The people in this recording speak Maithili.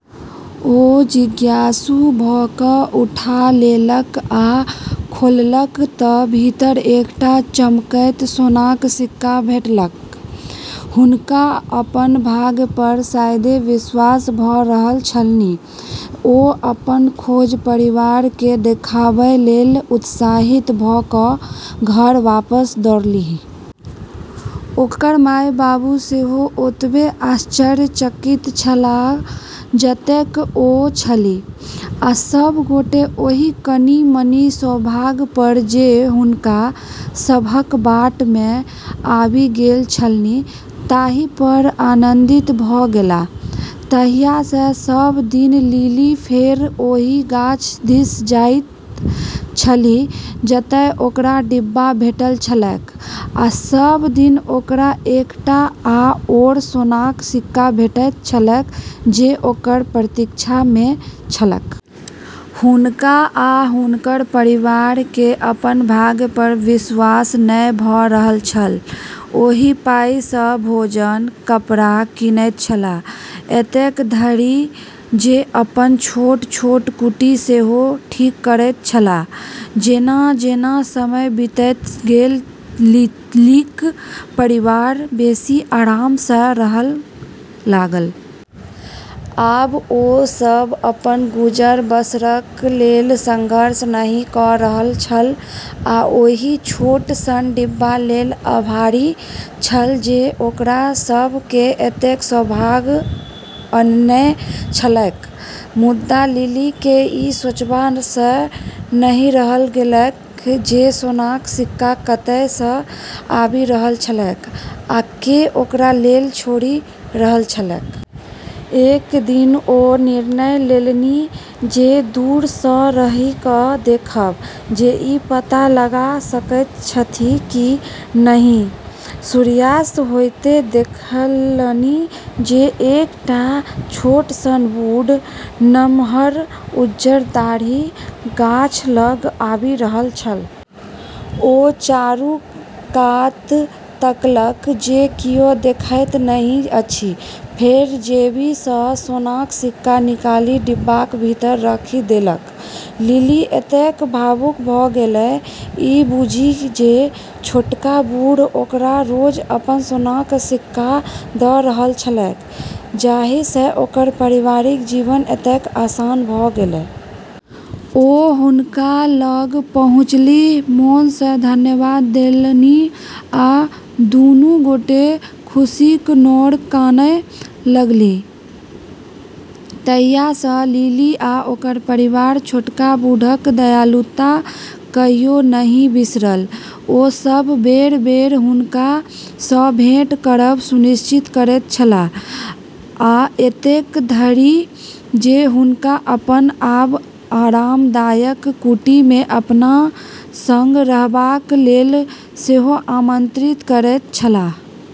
ओ जिज्ञासु भऽ कऽ उठा लेलक आ खोललक तऽ भीतर एकटा चमकैत सोनाक सिक्का भेटलैक। हुनका अपन भाग्य पर शायदे विश्वास भऽ रहल छलनि ।ओ अपन खोज परिवार केँ देखाबय लेल उत्साहित भऽ कऽ घर वापस दौड़लीह । ओकर माय-बाबू सेहो ओतबे आश्चर्यचकित छलाह जतेक ओ छलीह, आ सभ गोटे ओहि कनि-मनि सौभाग्य पर जे हुनका सभक बाट मे आबि गेल छलनि, ताहि पर आनन्दित भऽ गेलाह। तहिया सँ सब दिन लिली फेर ओहि गाछ दिस जाइत छलीह जतय ओकरा डिब्बा भेटल छलैक, आ सब दिन ओकरा एकटा आओर सोनाक सिक्का भेटैत छलैक जे ओकर प्रतीक्षा मे छलैक। हुनका आ हुनकर परिवार के अपन भाग्य पर विश्वास नै भ रहल छल! ओहि पाइ सँ भोजन, कपड़ा कीनैत छलाह, एतेक धरि जे अपन छोट-छोट कुटी सेहो ठीक करैत छलाह। जेना-जेना समय बीतैत गेल, लिलीक परिवार बेसी आराम सँ रहय लागल। आब ओ सभ अपन गुजर-बसरक लेल संघर्ष नहि कऽ रहल छल, आ ओहि छोट सन डिब्बा लेल आभारी छल जे ओकरा सभ केँ एतेक सौभाग्य अनने छलैक। मुदा, लिली केँ ई सोचबा सँ नहि रहल गेलैक जे सोनाक सिक्का कतय सँ आबि रहल छलैक, आ के ओकरा लेल छोड़ि रहल छलैक। एक दिन ओ निर्णय लेलनि जे दूर सँ रहि कऽ देखब, जे ई पता लगा सकैत छथि कि नहि। सूर्यास्त होइते देखलनि जे एकटा छोट सन बूढ़, नमहर उज्जर दाढ़ी, गाछ लग आबि रहल छल। ओ चारू कात तकलक जे कियो देखैत नहि अछि, फेर जेबीसँ सोनाक सिक्का निकालि डिब्बाक भीतर राखि देलक। लिली एतेक भावुक भऽ गेलै, ई बुझि जे छोटका बूढ़ ओकरा रोज अपन सोनाक सिक्का दऽ रहल छलैक, जाहि सँ ओकर परिवारक जीवन एतेक आसान भऽ गेलै। ओ हुनका लग पहुँचलीह, मोन सँ धन्यवाद देलनि, आ दुनू गोटे खुशीक नोर कानय लगलीह। तहिया सँ लिली आ ओकर परिवार छोटका बूढ़क दयालुता कहियो नहि बिसरल। ओ सभ बेर-बेर हुनका सँ भेंट करब सुनिश्चित करैत छलाह, आ एतेक धरि जे हुनका अपन आब आरामदायक कुटी मे अपना संग रहबाक लेल सेहो आमंत्रित करैत छलाह।